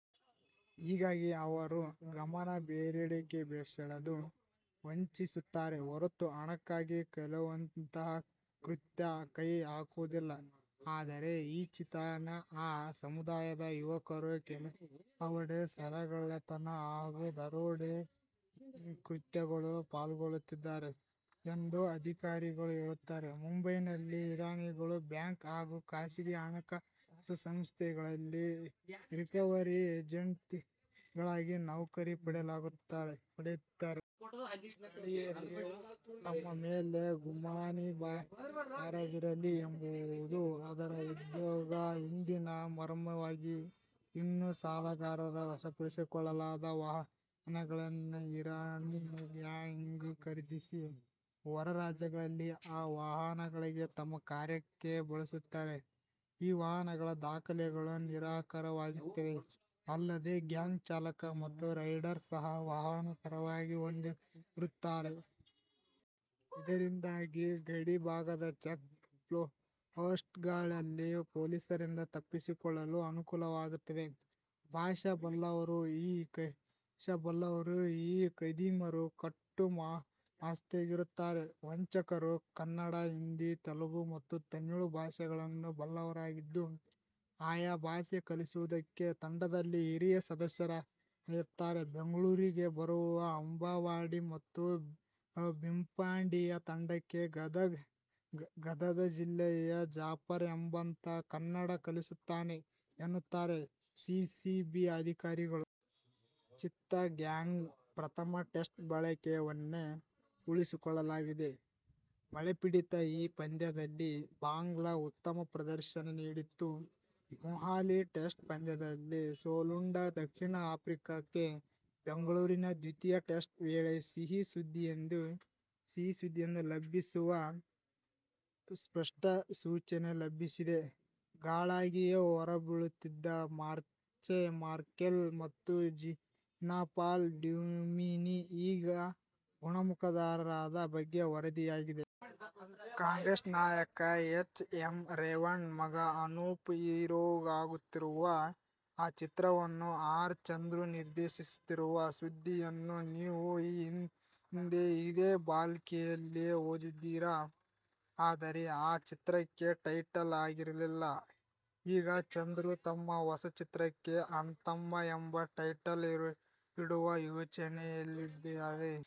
ಹೀಗಾಗಿ ಅವರು, ಗಮನ ಬೇರೆಡೆ ಸೆಳೆದು ವಂಚಿಸುತ್ತಾರೆ ಹೊರತು ಹಣಕ್ಕಾಗಿ ಕೊಲೆಯಂತಹ ಕೃತ್ಯ ಕೈ ಹಾಕುವುದಿಲ್ಲ. ಆದರೆ, ಈಚಿನ ಆ ಸಮುದಾಯದ ಯುವಕರು, ಕೆಲವಡೆ ಸರಗಳ್ಳತನ ಹಾಗೂ ದರೋಡೆ ಕೃತ್ಯಗಳು ಪಾಲ್ಗೊಳ್ಳುತ್ತಿದ್ದಾರೆ ಎಂದು ಅಧಿಕಾರಿಗಳು ಹೇಳುತ್ತಾರೆ. ಮುಂಬೈನಲ್ಲಿ ಇರಾನಿಗಳು, ಬ್ಯಾಂಕ್ ಹಾಗೂ ಖಾಸಗಿ ಹಣಕಾಸು ಸಂಸ್ಥೆಗಳಲ್ಲಿ ರಿಕವರಿ ಏಜೆಂಟ್ಗಳಾಗಿ ನೌಕರಿ ಪಡೆದಿದ್ದಾರೆ. ಸ್ಥಳೀಯರಿಗೆ ತಮ್ಮ ಮೇಲೆ ಗುಮಾನಿ ಬಾರದಿರಲಿ ಎಂಬುದು ಅದರ ಉದ್ಯೋಗದ ಹಿಂದಿನ ಮರ್ಮವಾಗಿದೆ. ಇನ್ನು, ಸಾಲಗಾರರ ವಶಪಡಿಸಿಕೊಳ್ಳಲಾದ ವಾಹನಗಳನ್ನೇ ಇರಾನಿ ಗ್ಯಾಂಗ್ ಖರೀದಿಸಿ, ಹೊರ ರಾಜ್ಯಗಳಲ್ಲಿ ಆ ವಾಹನಗಳನ್ನೇ ತಮ್ಮ ''''ಕಾರ್ಯ''ಕ್ಕೆ ಬಳಸುತ್ತದೆ. ಈ ವಾಹನಗಳ ದಾಖಲೆಗಳು ನಿಖರವಾಗಿರುತ್ತವೆ. ಅಲ್ಲದೆ, ಗ್ಯಾಂಗ್ ಚಾಲಕ ಮತ್ತು ರೈಡರ್ ಸಹ ವಾಹನ ಪರವಾನಿಗೆ ಹೊಂದಿರುತ್ತಾರೆ. ಇದರಿಂದಾಗಿ ಗಡಿ ಭಾಗದ ಚೆಕ್ ಪೋಸ್ಟ್ಗಳಲ್ಲಿ ಪೊಲೀಸರಿಂದ ತಪ್ಪಿಸಿಕೊಳ್ಳಲು ಅನುಕೂಲವಾಗುತ್ತಿದೆ. ಭಾಷೆ ಬಲ್ಲವರು, ಈ ಖದೀಮರು, ಕಟ್ಟು ಮಸ್ತಾಗಿರುತ್ತಾರೆ. ವಂಚಕರು, ಕನ್ನಡ, ಹಿಂದಿ, ತೆಲಗು ಹಾಗೂ ತಮಿಳು ಭಾಷೆಗಳನ್ನು ಬಲ್ಲವರಾಗಿದ್ದು, ಆಯ ಭಾಷೆ ಕಲಿಸುವುದಕ್ಕೆ ತಂಡದಲ್ಲಿ ಹಿರಿಯ ಸದಸ್ಯರಿರುತ್ತಾರೆ. ಬೆಂಗಳೂರಿಗೆ ಬರುವ ಅಂಬಾವಾಡಿ ಮತ್ತು ಬಿಪಾಂಡಿಯ ತಂಡಕ್ಕೆ ಗದದ ಜಿಲ್ಲೆಯ ಜಾಫರ್ ಎಂಬಾತ ಕನ್ನಡ ಕಲಿಸುತ್ತಾನೆ ಎನ್ನುತ್ತಾರೆ ಸಿಸಿಬಿ ಅಧಿಕಾರಿಗಳು. ಚಿತ್ತಗಾಂಗ್ನ ಪ್ರಥಮ ಟೆಸ್ಟ್ ಬಳಗವನ್ನೇ ಉಳಿಸಿಕೊಳ್ಳಲಾಗಿದೆ. ಮಳೆಪೀಡಿತ ಈ ಪಂದ್ಯದಲ್ಲಿ ಬಾಂಗ್ಲಾ ಉತ್ತಮ ಪ್ರದರ್ಶನ ನೀಡಿತ್ತು. ಮೊಹಾಲಿ ಟೆಸ್ಟ್ ಪಂದ್ಯದಲ್ಲಿ ಸೋಲುಂಡ ದಕ್ಷಿಣ ಆಫ್ರಿಕಾಕ್ಕೆ ಬೆಂಗಳೂರಿನ ದ್ವಿತೀಯ ಟೆಸ್ಟ್ ವೇಳೆ ಸಿಹಿ ಸುದ್ದಿಯೊಂದು ಲಭಿಸುವ ಸ್ಪಷ್ಟ ಸೂಚನೆ ಲಭಿಸಿದೆ. ಗಾಯಾಳಾಗಿ ಹೊರಗುಳಿದಿದ್ದ ಮಾರ್ನೆ ಮಾರ್ಕೆಲ್ ಮತ್ತು ಜೀನಪಾಲ್ ಡ್ಯುಮಿನಿ ಈಗ ಗುಣಮುಖರಾದ ಬಗ್ಗೆ ವರದಿಯಾಗಿದೆ. ಕಾಂಗ್ರೆಸ್ ನಾಯಕ ಎಚ್. ಎಂ. ರೇವಣ್ಣ ಮಗ ಅನೂಪ್ ಹೀರೋಆಗುತ್ತಿರುವುದು, ಆ ಚಿತ್ರವನ್ನು ಆರ್. ಚಂದ್ರು ನಿರ್ದೇಶಿಸುತ್ತಿರುವ ಸುದ್ದಿಯನ್ನುನೀವು ಈ ಹಿಂದೆ ಇದೇ ಬಾಲ್ಕನಿಯಲ್ಲಿ ಓದಿದ್ದೀರಿ. ಆದರೆ, ಆಗ ಚಿತ್ರಕ್ಕೆ ಟೈಟಲ್ ಆಗಿರಲಿಲ್ಲ. ಈಗ ಚಂದ್ರು ತಮ್ಮ ಹೊಸ ಚಿತ್ರಕ್ಕೆ "ಅಣ್ತಮ್ಮ' ಎಂಬ ಟೈಟಲ್ ಇಡುವ ಯೋಚನೆಯಲ್ಲಿದ್ದಾರೆ.